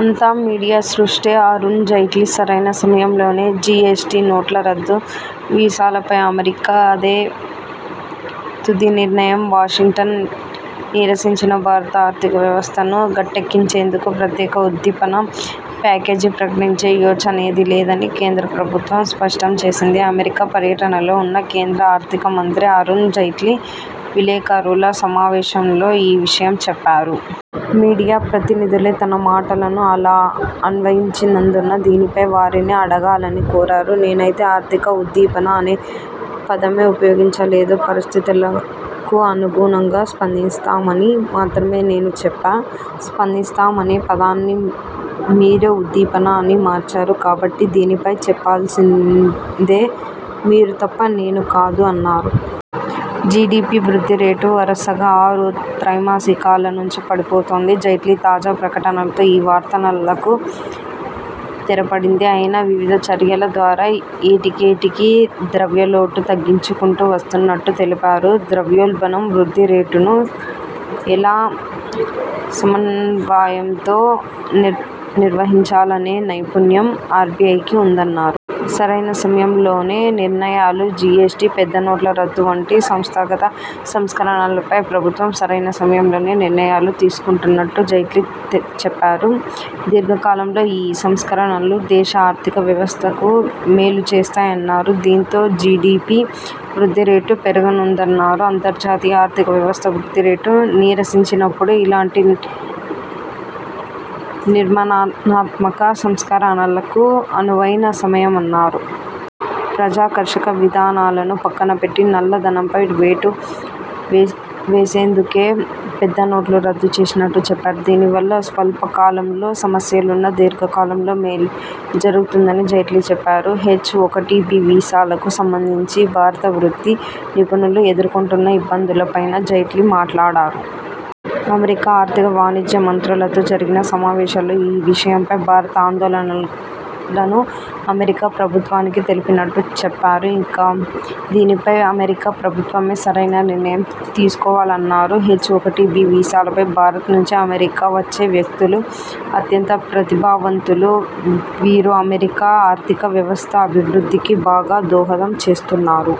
అంతా మీడియా సృష్టే అరుణ్ జైట్లీ సరైన సమయంలోనే జిఎస్టి, నోట్ల రద్దు వీసాలపై అమెరికాదే తుది నిర్ణయం వాషింగ్టన్ నీరసించిన భారత ఆర్థిక వ్యవస్థను గట్టెక్కించేందుకు ప్రత్యేక ఉద్దీపన ప్యాకేజీ ప్రకటించే యోచనేదీ లేదని కేంద్ర ప్రభుత్వం స్పష్టం చేసింది. అమెరికా పర్యటనలో ఉన్న కేంద్ర ఆర్థిక మంత్రి అరుణ్ జైట్లీ విలేకరుల సమావేశంలో ఈ విషయం చెప్పారు. మీడియా ప్రతినిధులే తన మాటలను అలా అన్వయించినందున దీనిపై వారినే అడగాలని కోరారు. నేనైతే ఆర్థిక ఉద్దీపన అనే పదమే ఉపయోగించలేదు. పరిస్థితులకు అనుగుణంగా స్పందిస్తామని మాత్రమే నేను చెప్పా. స్పందిస్తామనే పదాన్ని మీరే ఉద్దీపన అని మార్చారు. కాబట్టి దీనిపై చెప్పాల్సిందే మీరు తప్ప నేను కాదు అన్నారు. జిడిపి వృద్ధి రేటు వరసగా ఆరు త్రైమాసికాల నుంచి పడిపోతోంది. జైట్లీ తాజా ప్రకటనతో ఈ వార్తనలకు తెరపడింది. అయినా వివిధ చర్యల ద్వారా ఏటికేటికి ద్రవ్య లోటు తగ్గించుకుంటూ వస్తున్నట్టు తెలిపారు. ద్రవ్యోల్బణం వృద్ధి రేటును ఎలా సమన్వయంతో నిర్వహించాలనే నైపుణ్యం ఆర్బిఐకి ఉందన్నారు. సరైన సమయంలోనే నిర్ణయాలు జిఎస్టి, పెద్ద నోట్ల రద్దు వంటి సంస్థాగత సంస్కరణలపై ప్రభుత్వం సరైన సమయంలోనే నిర్ణయాలు తీసుకున్నట్టు జైట్లీ చెప్పారు. దీర్ఘ కాలంలో ఈ సంస్కరణలు దేశ ఆర్థిక వ్యవస్థకు మేలు చేస్తాయన్నారు. దీంతో జిడిపి వృద్ధి రేటూ పెరగనుందన్నారు. అంతర్జాతీయ ఆర్థిక వ్యవస్థ వృద్ధి రేటు నీరసించినపుడే ఇలాంటి నిర్మాణాత్మక సంస్కరణలకు అనువైన సమయమన్నారు. ప్రజాకర్షక విధానాలను పక్కన పెట్టి నల్ల ధనంపై వేటు వేసేందుకే పెద్ద నోట్లు రద్దు చేసినట్టు చెప్పారు. దీని వల్ల స్వల్ప కాలంలో సమస్యలున్నా దీర్ఘ కాలంలో మేలే జరుగుతుందని జైట్లీ చెప్పారు. హెచ్ఒకటిబి వీసాలకు సంబంధించి భారత వృత్తి నిపుణులు ఎదుర్కొంటున్న ఇబ్బందులపైనా జైట్లీ మాట్లాడారు. అమెరికా ఆర్థిక, వాణిజ్య మంత్రులతో జరిగిన సమావేశాల్లో ఈ విషయంపై భారత ఆందోళనను అమెరికా ప్రభుత్వానికి తెలిపినట్టు చెప్పారు. ఇక దీనిపై అమెరికా ప్రభుత్వమే సరైన నిర్ణయం తీసుకోవాలన్నారు. హెచ్ఒకటిబి వీసాలపై భారత్ నుంచి అమెరికా వచ్చే వ్యక్తులు అత్యంత ప్రతిభావంతులు. వీరు అమెరికా ఆర్థిక వ్యవస్థ అభివృద్ధికీ బాగా దోహదం చేస్తున్నారు.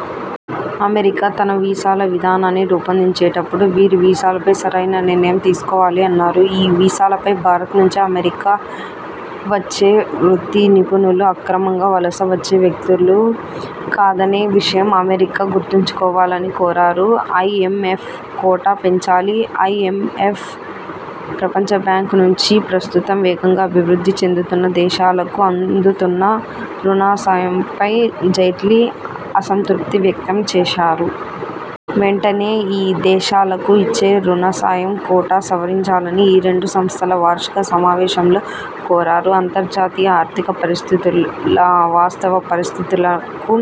అమెరికా తన వీసాల విధానాన్ని రూపొందించేటపుడు వీరి వీసాలపై సరైన నిర్ణయం తీసుకోవాలి అన్నారు. ఈ వీసాలపై భారత్ నుంచి అమెరికా వచ్చే వృత్తి నిపుణులు అక్రమంగా వలస వచ్చే వ్యక్తులు కాదనే విషయం అమెరికా గుర్తుంచుకోవాలని కోరారు. ఐఎంఎఫ్ కోటా పెంచాలి ఐఎంఎఫ్, ప్రపంచ బ్యాంక్ నుంచి ప్రస్తుతం వేగంగా అభివృద్ధి చెందుతున్న దేశాలకు అందుతున్న రుణ సాయంపై జైట్లీ అసంతృప్తి వ్యక్తం చేశారు. వెంటనే ఈ దేశాలకు ఇచ్చే రుణ సాయం కోటా సవరించాలని ఈ రెండు సంస్థల వార్షిక సమావేశంలో కోరారు. అంతర్జాతీయ ఆర్థిక పరిస్థితుల వాస్తవ పరిస్థితులకు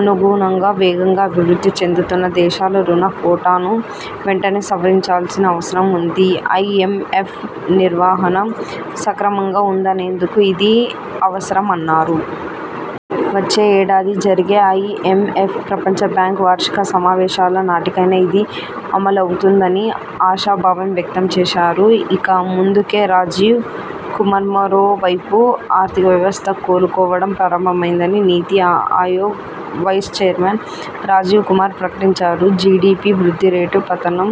అనుగుణంగా వేగంగా అభివృద్ధి చెందుతున్న దేశాల రుణ కోటాను వెంటనే సవరించాల్సిన అవసరం ఉంది. ఐఎంఎఫ్ నిర్వహణ సక్రమంగా ఉందనేందుకూ ఇది అవసరం అన్నారు. వచ్చే ఏడాది జరిగే ఐఎంఎఫ్, ప్రపంచ బ్యాంక్ వార్షిక సమావేశాల నాటికైనా ఇది అమలవుతుందని ఆశాభావం వ్యక్తం చేశారు. ఇక ముందుకే రాజీవ్ కుమార్మరోవైపు ఆర్థిక వ్యవస్థ కోలుకోవడం ప్రారంభమైందని నీతి ఆయోగ్ వైస్ చైర్మన్ రాజీవ్ కుమార్ ప్రకటించారు. జిడిపి వృద్ధి రేటు పతనం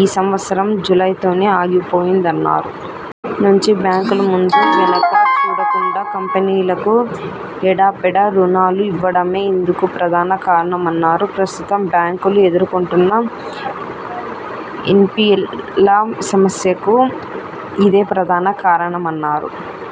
ఈ సంవత్సరం జూలైతోనే ఆగిపోయిందన్నారు. నుంచి బ్యాంకులు ముందు వెనకా చూడకుండా కంపెనీలకు ఎడాపెడా రుణాలు ఇవ్వడమే ఇందుకు ప్రధాన కారణమన్నారు. ప్రస్తుతం బ్యాంకులు ఎదుర్కొంటున్న ఎన్పిఎల సమస్యకూ ఇదే ప్రధాన కారణమన్నారు.